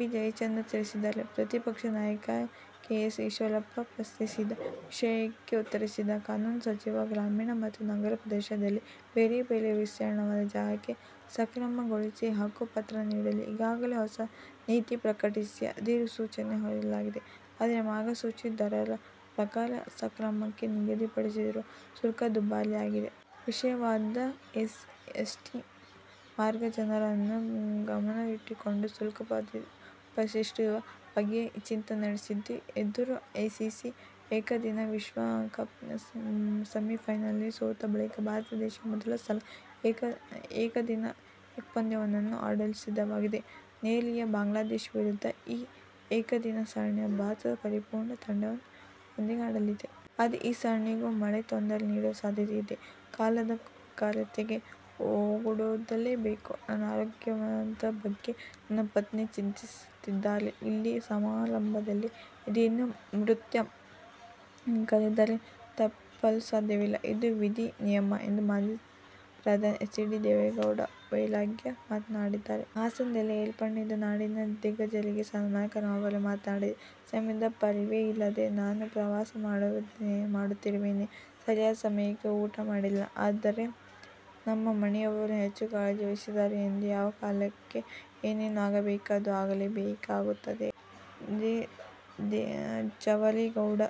B. Jayachandra ತಿಳಿಸಿದ್ದಾರೆ. ಪ್ರತಿಪಕ್ಷ ನಾಯಕ ಕೆ. ಎಸ್. ಈಶ್ವರಪ್ಪ ಪ್ರಸ್ತಾಪಿಸಿದ ವಿಷಯಕ್ಕೆ ಉತ್ತರಿಸಿದ ಕಾನೂನು ಸಚಿವರು ಗ್ರಾಮೀಣ ಮತ್ತು ನಗರ ಪ್ರದೇಶದಲ್ಲಿ ಬೇರೆ-ಬೇರೆ ವಿಸ್ತೀರ್ಣದ ಜಾಗಕ್ಕೆ ಸಕ್ರಮ ಗೊಳಿಸಿ ಹಕ್ಕುಪತ್ರ ನೀಡಲು ಈಗಾಗಲೇ ಹೊಸ ನೀತಿ ಪ್ರಕಟಿಸಿ, ಅಧಿಸೂಚನೆ ಹೊರಡಿಸಲಾಗಿದೆ. ಆದರೆ, ಮಾರ್ಗಸೂಚಿ ದರದ ಪ್ರಕಾರ ಸಕ್ರಮಕ್ಕೆ ನಿಗದಿಪಡಿಸಿರುವ ಶುಲ್ಕ ದುಬಾರಿ ಆಗಿದೆ. ವಿಶೇಷವಾಗಿ ಎಸ್ಸಿ, ಎಸ್ಟಿ ವರ್ಗದ ಜನರನ್ನು ಗಮನದಲ್ಲಿಟ್ಟುಕೊಂಡು ಶುಲ್ಕ ಪರಿಷ್ಕರಿಸುವ ಬಗ್ಗೆ ಚಿಂತನೆ ನಡೆದಿದೆ ಎಂದರು. ಐಸಿಸಿ ಏಕದಿನ ವಿಶ್ವ ಕಪ್ನ ಸೆಮಿಫೈನಲ್ನಲ್ಲಿ ಸೋತ ಬಳಿಕ ಭಾರತ ದೇಶ ಮೊದಲ ಸಲ ಏಕದಿನ ಪಂದ್ಯವೊಂದನ್ನು ಆಡಲು ಸಿದ್ಧವಾಗುತ್ತಿದೆ. ನೆರೆಯ ಬಾಂಗ್ಲಾದೇಶ ವಿರುದ್ಧದ ಈ ಏಕದಿನ ಸರಣಿಯಲ್ಲಿ ಭಾರತ ಪರಿಪೂರ್ಣ ತಂಡದೊಂದಿಗೆ ಆಡಲಿದೆ. ಆದರೆ ಈ ಸರಣಿಗೂ ಮಳೆ ತೊಂದರೆ ನೀಡುವ ಸಾಧ್ಯತೆಯಿದೆ. ''''''ಕಾಲನ ಕರೆಗೆ ಓಗೊಡಲೇ ಬೇಕು. ನನ್ನ ಆರೋಗ್ಯದ ಬಗ್ಗೆ ನನ್ನ ಪತ್ನಿ ಚಿಂತಿತರಾಗಿರುತ್ತಾರೆ. ಇಲ್ಲಿ ಸಮಾರಂಭದಲ್ಲಿ ಇದ್ದೇನೆ. ಮೃತ್ಯು ಕರೆದರೆ ತಪ್ಪಿಸಲು ಸಾಧ್ಯವಿಲ್ಲ. ಅದು ವಿಧಿ ನಿಯಮ ಎಂದು ಮಾಜಿ ಪ್ರಧಾನಿ ಎಚ್. ಡಿ. ದೇವೇಗೌಡ ವೈರಾಗ್ಯದ ಮಾತುಗಳನ್ನಾಡಿದ್ದಾರೆ. ಹಾಸನದಲ್ಲಿ ಏರ್ಪಡಿಸಿದ್ದ ನಾಡಿನ ದಿಗ್ಗಜರಿಗೆ ಸನ್ಮಾನ ಕಾರ್ಯಕ್ರಮದಲ್ಲಿ ಅವರು ಮಾತನಾಡಿ, ''''ಸಮಯದ ಪರಿವೇ ಇಲ್ಲದೆ ನಾನು ಪ್ರವಾಸ ಮಾಡುತ್ತಿರುತ್ತೇನೆ. ಸರಿಯಾದ ಸಮಯಕ್ಕೆ ಊಟ ಮಾಡುವುದಿಲ್ಲ. ಆದರೆ ನಮ್ಮ ಮನೆಯವರು ನನ್ನ ಹೆಚ್ಚು ಕಾಳಜಿ ವಹಿಸುತ್ತಾರೆ. ಆದರೆ ಯಾವ ಕಾಲಕ್ಕೆ ಏನೇನು ಆಗಬೇಕೋ ಅದು ಆಗಿಯೇ ಆಗುತ್ತದೆ. ದೇ. ಜವರೇಗೌಡ,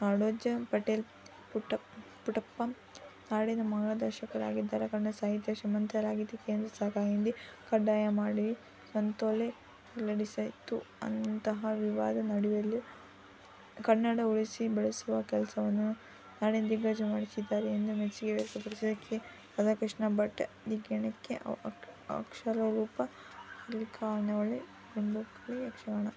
ನಾಡೋಜ ಪಾಟೀಲ್ ಪುಟ್ಟಪ್ಪ ನಾಡಿನ ಮಾರ್ಗದರ್ಶಕರಾಗಿದ್ದಾರೆ. ಕನ್ನಡ ಸಾಹಿತ್ಯ ಶ್ರೀಮಂತವಾಗಿದೆ. ಕೇಂದ್ರ ಸರ್ಕಾರ ಹಿಂದಿ ಕಡ್ಡಾಯ ಮಾಡಿ ಸುತ್ತೋಲೆ ಹೊರಡಿಸಿತ್ತು. ಅಂತಹ ವಿವಾದದ ನಡುವೆಯೂ ಕನ್ನಡ ಉಳಿಸಿ ಬೆಳೆಸುವ ಕೆಲಸವನ್ನು ನಾಡಿನ ದಿಗ್ಗಜರು ಮಾಡುತ್ತಿದ್ದಾರೆ ಎಂದು ಮೆಚ್ಚುಗೆ ವ್ಯಕ್ತಪಡಿಸಿದರು. ಕೆ. ರಾಧಾಕೃಷ್ಣ ಭಟ್; ಧಿಗಿಣಕ್ಕೆ ಅಕ್ಷರ ರೂಪ: ಹರಿಕರಾವಳಿಯ ಗಂಡುಕಲೆ ಯಕ್ಷಗಾನ.